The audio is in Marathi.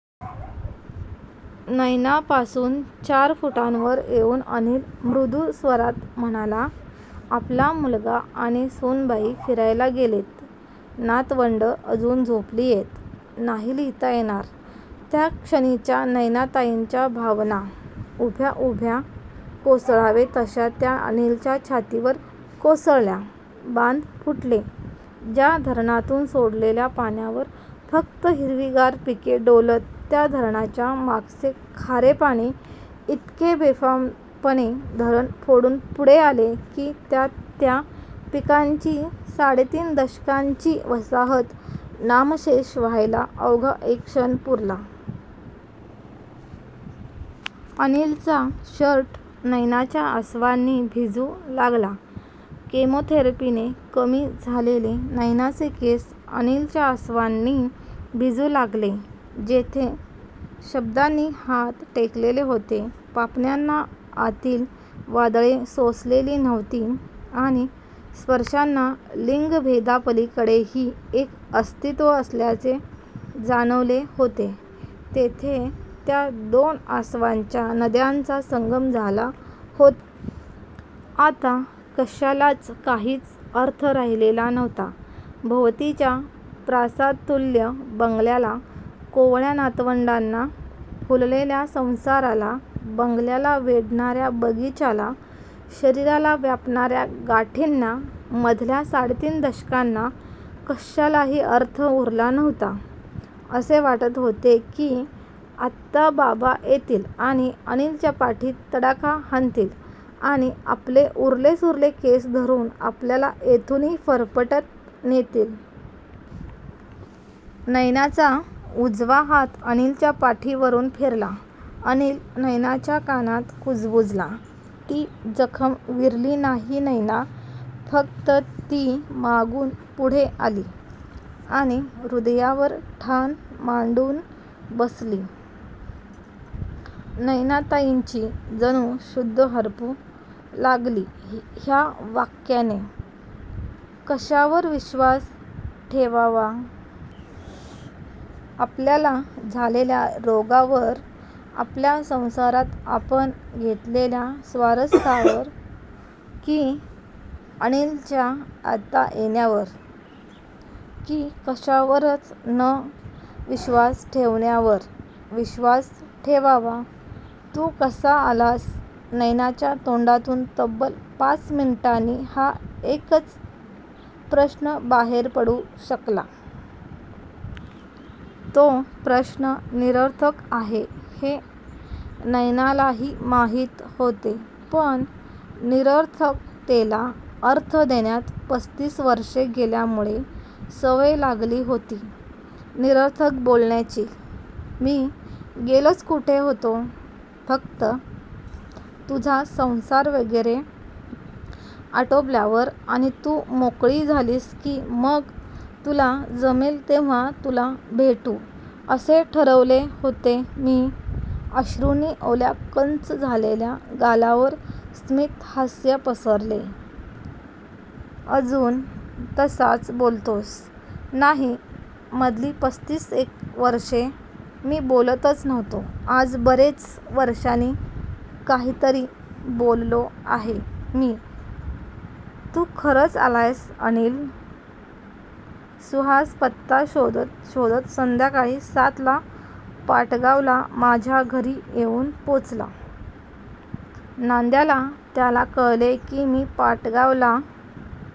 नयनापासून चार फुटांवर येऊन अनिल मृदू स्वरात म्हणाला"आपला मुलगा आणि सूनबाई फिरायला गेलेत. नातवंडं अजून झोपलीयत"नाही लिहिता येणार त्या क्षणीच्या नयनाताईंच्या भावना! उभ्या उभ्या कोसळावे तश्या त्या अनिलच्या छातीवर कोसळल्या. बांध फुटले. ज्या धरणातून सोडलेल्या पाण्यावर फक्त हिरवीगार पिके डोलत त्या धरणाच्या मागचे खारे पाणी इतके बेफामपणे धरण फोडून पुढे आले की त्यात त्या पिकांची साडे तीन दशकांची वसाहत नामशेष व्हायला अवघा एक क्षण पुरला. अनिलचा शर्ट नयनाच्या आसवांनी भिजू लागला. केमोथेरपीने कमी झालेले नयनाचे केस अनिलच्या आसवांनी भिजू लागले. जेथे शब्दांनी हात टेकलेले होते, पापण्यांना आतील वादळे सोसलेली नव्हती आणि स्पर्शांना लिंगभेदापलीकडेही एक अस्तित्व असल्याचे जाणवले होते तेथे त्या दोन आसवांच्या नद्यांचा संगम झाला होता. आता कशालाच काहीच अर्थ राहिलेला नव्हता. भोवतीच्या प्रासादतूल्य बंगल्याला, कोवळ्या नातवंडांना, फुललेल्या संसाराला, बंगल्याला वेढणार्या बगीच्याला, शरीराला व्यापणार्या गाठींना, मधल्या साडे तीन दशकांना! कशालाही अर्थ उरला नव्हता. असे वाटत होते की आत्ता बाबा येतील आणि अनिलच्या पाठीत तडाखा हाणतील आणि आपले उरले सुरले केस धरून आपल्याला येथूनही फरफटत नेतील. नयनाचा उजवा हात अनिलच्या पाठीवरून फिरला. अनिल नयनाच्या कानात कुजबुजला. "ती जखम विरली नाही नयना, फक्त ती मागून पुढे आली आणि हृदयावर ठाण मांडून बसली"नयनाताईंची जणू शुद्ध हरपू लागली ह्या वाक्याने! कशावर विश्वास ठेवावा? आपल्याला झालेल्या रोगावर? आपल्या संसारात आपण घेतलेल्या स्वारस्यावर? की अनिलच्या आत्ता येण्यावर? की कशावरच विश्वास न ठेवण्यावर विश्वास ठेवावा? "तू कसा आलास? "नयनाच्या तोंडातून तब्बल पाच मिनिटांनी हा एकच प्रश्न बाहेर पडू शकला. तो प्रश्न निरर्थक आहे हे नयनालाही माहीत होते, पण निरर्थकतेला अर्थ देण्यात पस्तीस वर्षे गेल्यामुळे सवय लागली होती निरर्थक बोलण्याची! "मी गेलोच कुठे होतो? फक्त तुझा संसार वगैरे आटोपल्यावर आणि तू मोकळी झालीस की मग तुला जमेल तेव्हा तुला भेटू असे ठरवले होते मी"अश्रूंनी ओल्या कच्च झालेल्या गालांवर स्मितहास्य पसरले. "अजून तसाच बोलतोस? ""नाही, मधली पस्तीस एक वर्षे मी बोलतच नव्हतो, आज बरेच वर्षांनी काहीतरी बोललो आहे मी""तू खरंच आलायस अनिल? ""सुहास पत्ता शोधत शोधत संध्याकाळी सातला पाटगावला माझ्या घरी येऊन पोचला. नांद्याला त्याला कळले की मी पाटगावला